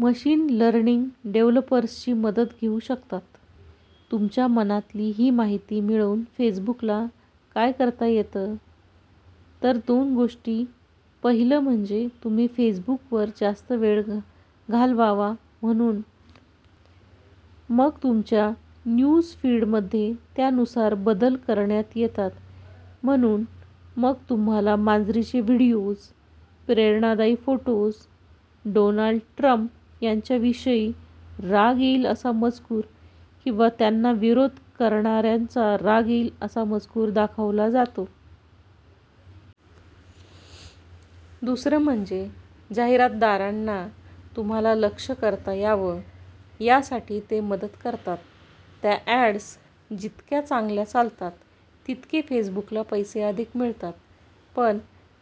Machine learning डेव्हलपर्सची मदत घेऊ शकतात. तुमच्या मनातली ही माहिती मिळवून फेसबुकला काय करता येतं? तर दोन गोष्टी पहिलं म्हणजे तुम्ही फेसबुकवर जास्त वेळ घालवावा म्हणून मग तुमच्या न्यूजफीडमध्ये त्यानुसार बदल करण्यात येतात. म्हणून मग तुम्हाला मांजरींचे व्हिडिओज, प्रेरणादायी फोटोज, डोनाल्ड ट्रंप यांच्याविषयी राग येईल असा मजकूर किंवा त्यांना विरोध करणाऱ्यांचा राग येईल असा मजकूर दाखवला जातो. दुसरं म्हणजे जाहिरातदारांना तुम्हाला लक्ष करता यावं, यासाठी ते मदत करतात. त्या अॅड्स जितक्या चांगल्या चालतात, तितके फेसबुकला पैसे अधिक मिळतात. पण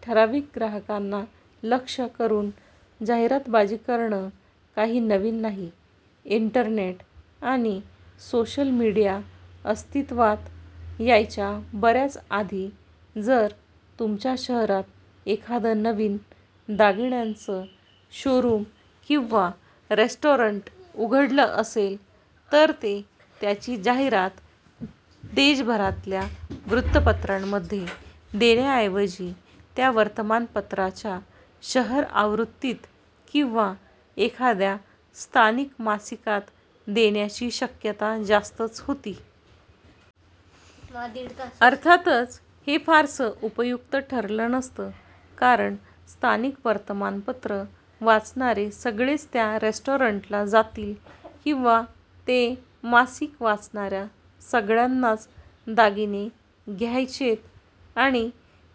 ठराविक ग्राहकांना लक्ष्य करून जाहिरातबाजी करणं काही नवीन नाही. इंटरनेट आणि सोशल मीडिया अस्तित्त्वात यायच्या बऱ्याच आधी जर तुमच्या शहरात एखादं नवीन दागिन्यांचं शोरूम किंवा रेस्टॉरंट उघडलं असेल तर ते त्याची जाहिरात देशभरातल्या वृत्तपत्रांमध्ये देण्याऐवजी त्या वर्तमानपत्राच्या शहर आवृत्तीत किंवा एखाद्या स्थानिक मासिकात देण्याची शक्यता जास्तच होती. अर्थातच हे फारसं उपयुक्त ठरलं नसतं, कारण स्थानिक वर्तमानपत्रं वाचणारे सगळेच त्या रेस्टॉरंटला जातील किंवा ते मासिक वाचणाऱ्या सगळ्यांनाच दागिने घ्यायचेत आणि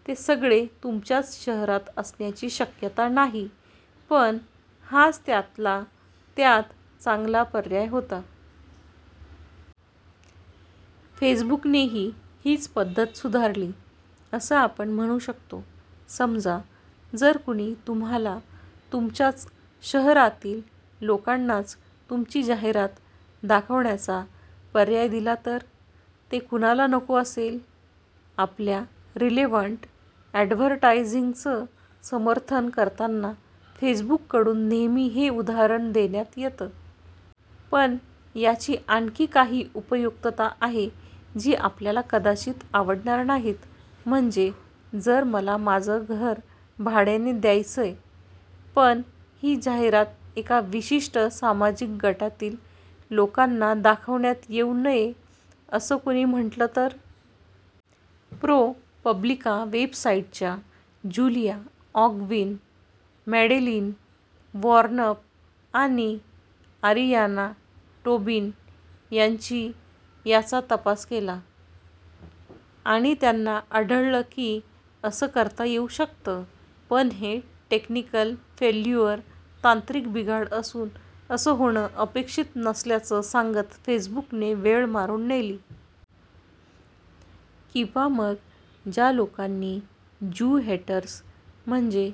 ते सगळे तुमच्याच शहरात असण्याची शक्यता नाही. पण हाच त्यातल्या त्यात चांगला पर्याय होता. फेसबुकने हीच पद्धत सुधारली, असं आपण म्हणू शकतो. समजा जर कुणी तुम्हाला तुमच्याच शहरातील लोकांनाच तुमची जाहिरात दाखवण्याचा पर्याय दिला तर ते कुणाला नको असेल? आपल्या 'रिलेव्हंट अॅडव्हर्टायझिंग'चं समर्थन करताना फेसबुककडून नेहमी हे उदाहरण देण्यात येतं. पण याची आणखी काही उपयुक्तता आहे, जी आपल्याला कदाचित आवडणार नाहीत. म्हणजे जर मला माझं घर भाड्याने द्यायचंय, पण ही जाहिरात एका विशिष्ट सामाजिक गटातील लोकांना दाखवण्यात येऊ नये, असं कुणी म्हटलं तर? प्रो-पब्लिका वेबसाईटच्या ज्युलिया आँगविन, मॅडेलीन वॉर्नप आणि आरियाना टोबिन यांची याचा तपास केला. आणि त्यांना आढळलं की असं करता येऊ शकतं. पण हे 'टेक्निकल फेल्युअर' तांत्रिक बिघाड असून असं होणं अपेक्षित नसल्याचं सांगत फेसबुकने वेळ मारून नेली. किंवा मग ज्या लोकांनी 'ज्यू हेटर्स' म्हणजे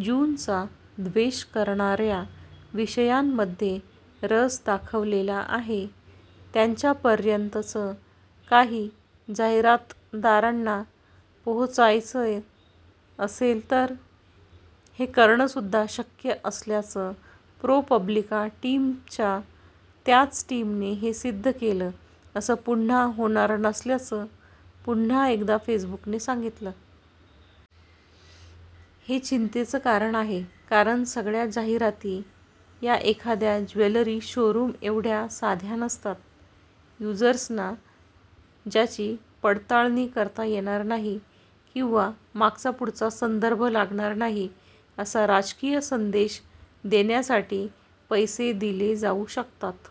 ज्यूंचा द्वेष करणाऱ्या विषयांमध्ये रस दाखवलेला आहे, त्यांच्यापर्यंतच काही जाहिरातदारांना पोहोचायचं असेल तर? हे करणंसुद्धा शक्य असल्याचं प्रो-पब्लिका टीमच्या त्याच टीमने हे सिद्ध केलं. असं पुन्हा होणार नसल्याचं पुन्हा एकदा फेसबुकने सांगितलं. हे चिंतेचं कारण आहे, कारण सगळ्या जाहिराती या एखाद्या ज्वेलरी शोरूमएवढ्या साध्या नसतात. युजर्सना ज्याची पडताळणी करता येणार नाही किंवा मागचापुढचा संदर्भ लागणार नाही, असा राजकीय संदेश देण्यासाठी पैसे दिले जाऊ शकतात.